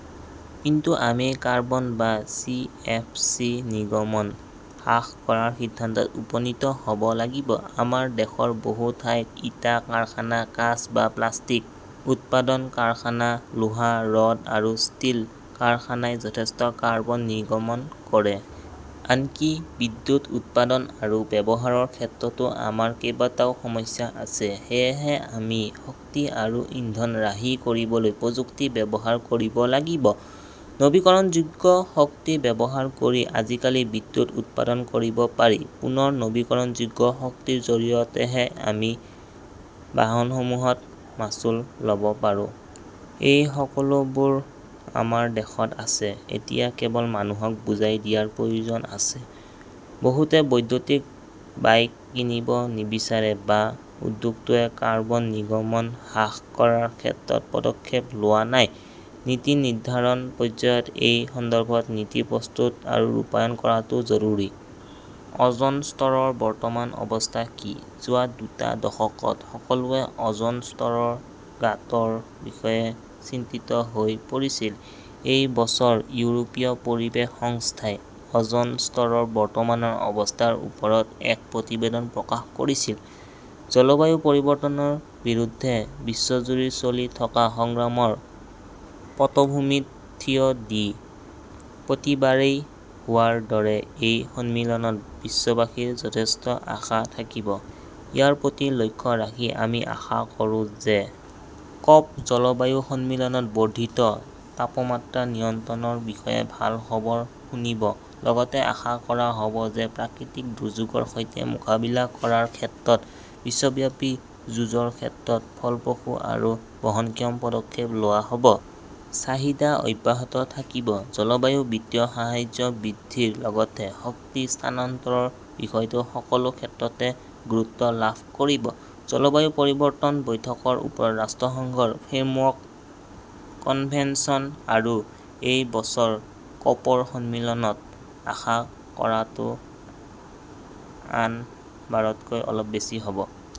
কিন্তু আমি কাৰ্বন বা চি. এফ. চি. নিৰ্গমন হ্ৰাস কৰাৰ সিদ্ধান্তত উপনীত হ ব লাগিব। আমাৰ দেশৰ বহু ঠাইত ইটা, কাৰখানা, কাঁচ বা প্লাষ্টিক উৎপাদন কাৰখানা, লোহা-ৰড আৰু ষ্টীল কাৰখানাই যথেষ্ট কাৰ্বন নিৰ্গমন কৰে। আনকি বিদ্যুৎ উৎপাদন আৰু ব্যৱহাৰৰ ক্ষেত্ৰতো আমাৰ কেইবাটাও সমস্যা আছে। সেয়েহে আমি শক্তি আৰু ইন্ধন ৰাহি কৰিবলৈ প্ৰযুক্তি ব্যৱহাৰ কৰিব লাগিব। নৱীকৰণযোগ্য শক্তি ব্যৱহাৰ কৰি আজিকালি বিদ্যুৎ উৎপাদন কৰিব পাৰি। পুনৰ নৱীকৰণযোগ্য শক্তিৰ জৰিয়তেহে আমি বাহনসমূহত মাচুল ল'ব পাৰোঁ। এই সকলোবোৰ আমাৰ দেশত আছে। এতিয়া কেৱল মানুহক বুজাই দিয়াৰ প্ৰয়োজন আছে। বহুতে বৈদ্যুতিক বাইক কিনিব নিবিচাৰে বা উদ্যোগটোৱে কাৰ্বন নিৰ্গমন হ্ৰাস কৰাৰ ক্ষেত্ৰত পদক্ষেপ লোৱা নাই। নীতি নিৰ্ধাৰণ পৰ্যায়ত এই সন্দৰ্ভত নীতি প্ৰস্তুত আৰু ৰূপায়ণ কৰাটো জৰুৰী। অ'জন স্তৰৰ বৰ্তমানৰ অৱস্থা কি? যোৱা দুটা দশকত সকলোৱে অ'জন স্তৰৰ গাঁতৰ বিষয়ে চিন্তিত হৈ পৰিছিল। এই বছৰ ইউৰোপীয় পৰিৱেশ সংস্থাই অ'জন স্তৰৰ বৰ্তমানৰ অৱস্থাৰ ওপৰত এক প্ৰতিবেদন প্ৰকাশ কৰিছিল। জলবায়ু পৰিৱৰ্তনৰ বিৰুদ্ধে বিশ্বজুৰি চলি থকা সংগ্ৰামৰ পটভূমিত থিয় দি, প্ৰতিবাৰেই হোৱাৰ দৰে এই সন্মিলনত বিশ্ববাসীৰ যথেষ্ট আশা থাকিব। ইয়াৰ প্ৰতি লক্ষ্য ৰাখি আমি আশা কৰোঁ যে কপ- জলবায়ু সন্মিলনত বৰ্ধিত তাপমাত্ৰা নিয়ন্ত্ৰণৰ বিষয়ে ভাল খবৰ শুনিব। লগতে আশা কৰা হ'ব যে প্ৰাকৃতিক দুৰ্যোগৰ সৈতে মোকাবিলা কৰাৰ ক্ষেত্ৰত বিশ্বব্যাপী যুঁজৰ ক্ষেত্ৰত ফলপ্ৰসূ আৰু বহনক্ষম পদক্ষেপ লোৱা হ'ব। চাহিদা অব্যাহত থাকিব, জলবায়ু বিত্তীয় সাহায্য বৃদ্ধিৰ লগতে শক্তি স্থানান্তৰৰ বিষয়টো সকলো ক্ষেত্ৰতে গুৰুত্ব লাভ কৰিব। জলবায়ু পৰিৱৰ্তন বৈঠকৰ ওপৰত ৰাষ্ট্ৰসংঘৰ ফ্ৰেমৱৰ্ক কনভেনচন আৰু এই বছৰ কপৰ সন্মিলনত আশা কৰাটো আন বাৰতকৈ অলপ বেছি হ 'ব।